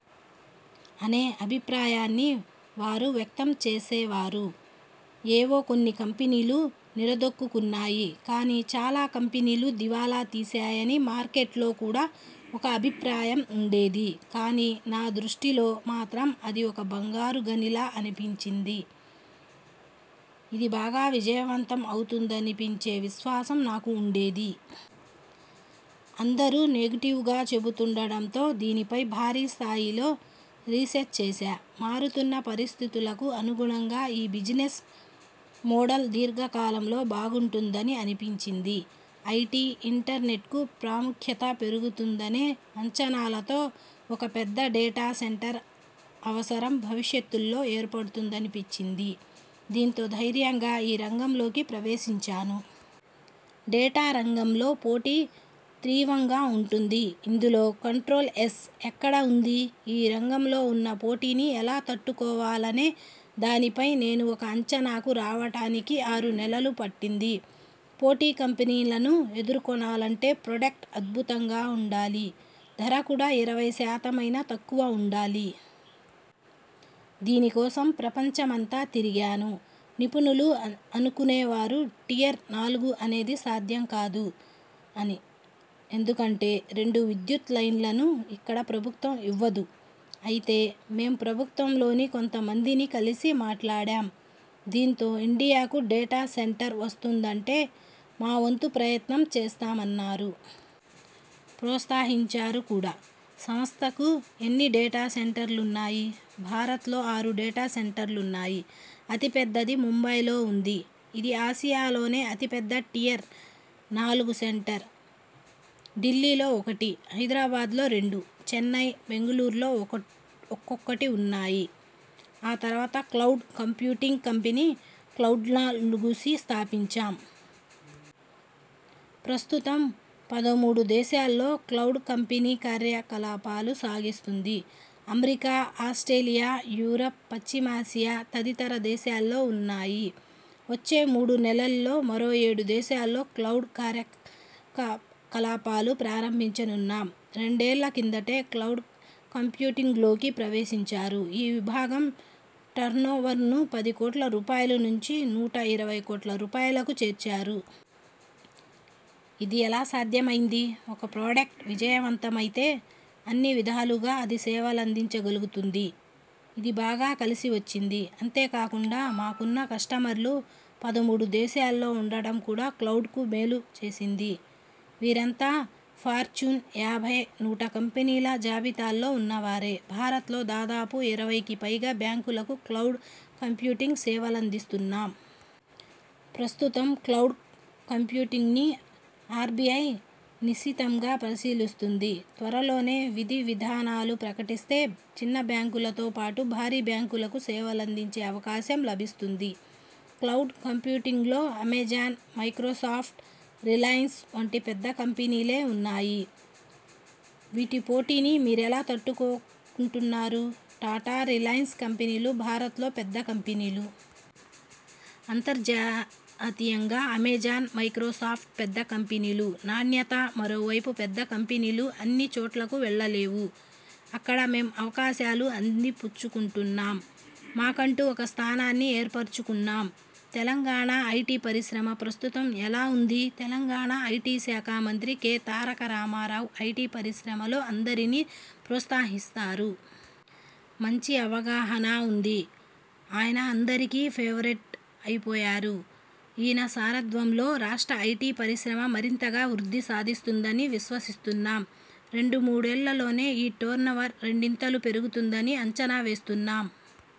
అనే అభిప్రాయాన్ని వారు వ్యక్తం చేసేవారు. ఏవో కొన్ని కంపెనీలు నిలదొక్కుకున్నాయి కాని చాలా కంపెనీలు దివాలా తీశాయని మార్కెట్లో కూడా ఒక అభిప్రాయం ఉండేది. కాని నా దృష్టిలో మాత్రం అది ఒక బంగారు గనిలా అనిపించింది. ఇది బాగా విజయవంతం అవుతుందనిపించే విశ్వాసం నాకు ఉండేది. అందరు నెగిటివ్గా చెబుతుండడంతో దీనిపై భారీ స్థాయిలో రీసెర్చ్ చేశా. మారుతున్న పరిస్థితులకు అనుగుణంగా ఈ బిజినెస్ మోడల్ దీర్ఘకాలంలో బాగుంటుందని అనిపించింది. ఐటి, ఇంటర్నెట్కు ప్రాముఖ్యత పెరుగుతుందనే అంచనాలతో ఒక పెద్ద డేటా సెంటర్ అవసరం భవిష్యత్లో ఏర్పడుతుందనిపించింది. దీంతో ధైర్యంగా ఈ రంగంలోకి ప్రవేశించాను. డేటా రంగంలో పోటీ త్రీవంగా ఉంటోంది. ఇందులో కంట్రోల్ఎస్ ఎక్కడ ఉంది? ఈ రంగంలో ఉన్న పోటీని ఎలా తట్టుకోవాలనే దానిపై నేను ఒక అంచనాకు రావటానికి ఆరు నెలలు పట్టింది. పోటీ కంపెనీలను ఎదుర్కొనాలంటే ప్రొడక్ట్ అద్భుతంగా ఉండాలి. ధర కూడా ఇరవై శాతమైన తక్కువ ఉండాలి. దీని కోసం ప్రపంచమంతా తిరిగాను. నిపుణులు అనుకునే వారు టియర్ నాలుగు అనేది సాధ్యం కాదు అని. ఎందుకంటే రెండు విద్యుత్ లైన్లను ఇక్కడ ప్రభుత్వం ఇవ్వదు. అయితే మేం ప్రభుత్వంలోని కొంతమందిని కలిసి మాట్లాడాం. దీంతో ఇండియాకు డేటా సెంటర్ వస్తుందంటే మా వంతు ప్రయత్నం చేస్తామన్నారు. ప్రోత్సహించారు కూడా. సంస్థకు ఎన్ని డేటా సెంటర్లున్నాయి? భారత్ లో ఆరు డేటా సెంటర్లున్నాయి. అతిపెద్దది ముంబైలో ఉంది. ఇది ఆసియాలోనే అతిపెద్ద టియర్ నాలుగు సెంటర్. ఢిల్లీలో ఒకటి, హైదరాబాద్లో రెండు, చెన్నై, బెంగళూరులో ఒక ఒక్కోటి ఉన్నాయి. ఆ తర్వాత క్లౌడ్ కంప్యూటింగ్ కంపెనీ క్లౌడ్నాలుగుసి స్థాపించాం. ప్రస్తుతం పదమూడు దేశాల్లో క్లౌడ్ కంపెనీ కార్యకలాపాలు సాగిస్తుంది. అమెరికా, ఆస్ట్రేలియా, యూరప్, పశ్చిమాసియా తదితర దేశాల్లో ఉన్నాయి. వచ్చే మూడు నెలల్లో మరో ఏడు దేశాల్లో క్లౌడ్ క కార్యకలాపాలు ప్రారంభించనున్నాం. రెండేళ్ల కిందటే క్లౌడ్ కంప్యూటింగ్లోకి ప్రవేశించారు. ఈ విభాగం టర్నోవర్ను పది కోట్ల రూపాయలు నుంచి నూట ఇరవై కోట్ల రూపాయలకు చేర్చారు. ఇది ఎలా సాధ్యమైంది? ఒక ప్రొడక్ట్ విజయవంతమైతే అన్ని విధాలుగా అది సేవలందించగలుగుతుంది. ఇది బాగా కలిసి వచ్చింది. అంతేకాకుండా మాకున్న కస్టమర్లు పదమూడు దేశాల్లో ఉండడం కూడా క్లౌడ్కు మేలు చేసింది. వీరంతా ఫార్చూన్, యాభై, నూట కంపెనీల జాబితాలో ఉన్నవారే. భారత్లో దాదాపు ఇరవైకి పైగా బ్యాంకులకు క్లౌడ్ కంప్యూటింగ్ సేవలందిస్తున్నాం. ప్రస్తుతం క్లౌడ్ కంప్యూటింగ్ను ఆర్బిఐ నిశితంగా పరిశీలిస్తుంది. త్వరలోనే విధి విధానాలు ప్రకటిస్తే చిన్న బ్యాంకులతో పాటు భారీ బ్యాంకులకు సేవలందించే అవకాశం లభిస్తుంది. క్లౌడ్ కంప్యూటింగ్లో అమెజాన్, మైక్రోసాఫ్ట్, రిలయన్స్ వంటి పెద్ద కంపెనీలే ఉన్నాయి. వీటి పోటీని మీరెలా తట్టుకుంటున్నారు? టాటా, రిలయన్స్ కంపెనీలు భారత్లో పెద్ద కంపెనీలు. అంతర్జాతీయంగా అమెజాన్, మైక్రోసాఫ్ట్ పెద్ద కంపెనీలు, నాణ్యత, మరోవైపు పెద్ద కంపెనీలు అన్ని చోట్లకు వెళ్లలేవు. అక్కడ మేం అవకాశాలు అందిపుచ్చుకుంటున్నాం. మాకంటూ ఒక స్థానాన్ని ఏర్పరచుకున్నాం. తెలంగాణ ఐటి పరిశ్రమ ప్రస్తుతం ఎలా ఉంది? తెలంగాణ ఐటి శాఖ మంత్రి కె తారక రామారావు ఐటి పరిశ్రమలో అందరిని ప్రోత్సహిస్తారు. మంచి అవగాహన ఉంది. అయన అందరికీ ఫేవరేట్ అయిపోయారు. ఈయన సారథ్యంలో రాష్ట్ర ఐటి పరిశ్రమ మరింతగా వృద్ధి సాధిస్తుందని విశ్వసిస్తున్నాం. రెండు మూడేళ్లలోనే ఈ టర్నోవర్ రెండింతలు పెరుగుతుందని అంచనా వేస్తున్నాం.